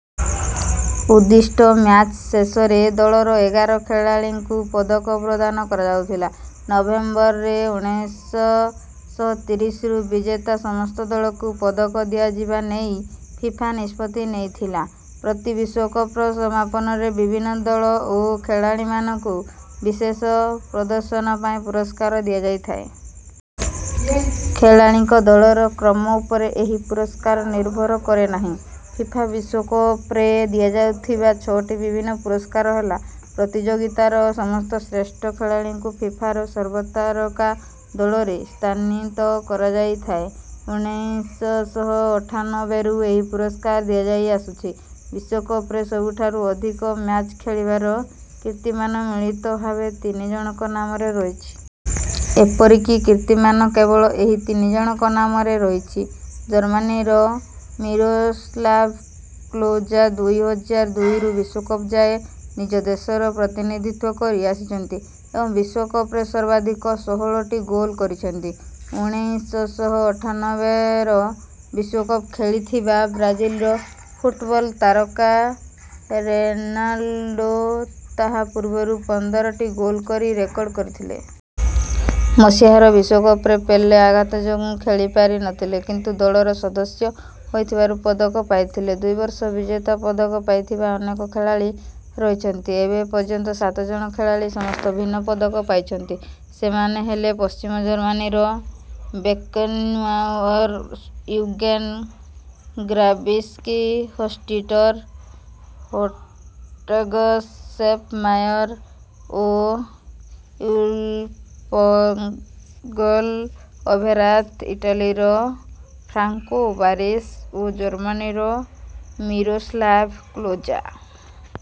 ଉଦ୍ଦିଷ୍ଟ ମ୍ୟାଚ୍ ଶେଷରେ ଦଳର ଏଗାର ଖେଳାଳୀଙ୍କୁ ପଦକ ପ୍ରଦାନ କରାଯାଉଥିଲା। ନଭେମ୍ବରରେ ଉଣେଇଶ ଶହ ତିରିଶରୁ ବିଜେତା ସମସ୍ତ ଦଳକୁ ପଦକ ଦିଆଯିବା ନେଇ ଫିଫା ନିଷ୍ପତ୍ତି ନେଇଥିଲା। ପ୍ରତି ବିଶ୍ୱକପର ସମାପନରେ ବିଭିନ୍ନ ଦଳ ଓ ଖେଳାଳୀମାନଙ୍କୁ ବିଶେଷ ପ୍ରଦର୍ଶନ ପାଇଁ ପୁରସ୍କାର ଦିଆଯାଇଥାଏ। ଖେଳାଳୀଙ୍କ ଦଳର କ୍ରମ ଉପରେ ଏହି ପୁରସ୍କାର ନିର୍ଭର କରେନାହିଁ। ଫିଫା ବିଶ୍ୱକପରେ ଦିଆଯାଉଥିବା ଛଅଟି ବିଭିନ୍ନ ପୁରସ୍କାର ହେଲା ପ୍ରତିଯୋଗିତାର ସମସ୍ତ ଶ୍ରେଷ୍ଠ ଖେଳାଳୀଙ୍କୁ ଫିଫାର ସର୍ବତାରକା ଦଳରେ ସ୍ଥାନୀତ କରାଯାଇଥାଏ। ଉଣେଇଶ ଶହ ଅଠାନବେରୁ ଏହି ପୁରସ୍କାର ଦିଆଯାଇ ଆସୁଛି। ବିଶ୍ୱକପରେ ସବୁଠାରୁ ଅଧିକ ମ୍ୟାଚ୍ ଖେଳିବାର କିର୍ତ୍ତୀମାନ ମିଳିତ ଭାବେ ତିନି ଜଣଙ୍କ ନାମରେ ରହିଛି। ଏପରି କୀର୍ତ୍ତିମାନ କେବଳ ଏହି ତିନିଜଣଙ୍କ ନାମରେ ରହିଛି। ଜର୍ମାନୀର ମିରୋସ୍ଲାଭ୍ କ୍ଲୋଜା ଦୁଇ ହଜାର ଦୁଇରୁ ବିଶ୍ୱକପ ଯାଏଁ ନିଜ ଦେଶର ପ୍ରତିନିଧିତ୍ୱ କରି ଆସିଛନ୍ତି ଏବଂ ବିଶ୍ୱକପରେ ସର୍ବାଧିକ ଷୋହଳଟି ଗୋଲ୍ କରିଛନ୍ତି। ଉଣେଇଶ ଶହ ଅଠାନବେର ବିଶ୍ୱକପ ଖେଳିଥିବା ବ୍ରାଜିଲର ଫୁଟବଲ୍ ତାରକା ରୋନାଲ୍ଡୋ ତାହା ପୂର୍ବରୁ ପନ୍ଦରଟି ଗୋଲ୍ କରି ରେକର୍ଡ଼୍ କରିଥିଲେ। ମସିହାର ବିଶ୍ୱକପରେ ପେଲେ ଆଘାତ ଯୋଗୁଁ ଖେଳିପାରି ନଥିଲେ କିନ୍ତୁ ଦଳର ସଦସ୍ୟ ହୋଇଥିବାରୁ ପଦକ ପାଇଥିଲେ। ଦୁଇ ବର୍ଷ ବିଜେତା ପଦକ ପାଇଥିବା ଅନେକ ଖେଳାଳୀ ରହିଛନ୍ତି। ଏବେ ପର୍ଯ୍ୟନ୍ତ ସାତ ଜଣ ଖେଳାଳୀ ସମସ୍ତ ଭିନ୍ନ ପଦକ ପାଇଛନ୍ତି। ସେମାନେ ହେଲେ ପଶ୍ଚିମ ଜର୍ମାନୀର Beckenbauer Jürgen Grabowski Horst Dieter Höttges Sepp Maier ଓ ୱୁଲ୍ଫ୍ଗାଂଗ୍ ଓଭେରାଥ୍ ଇଟାଲୀର ଫ୍ରାଂକୋ ବାରେସି ଓ ଜର୍ମାନୀର ମିରୋସ୍ଲାଭ୍ କ୍ଲୋଜା।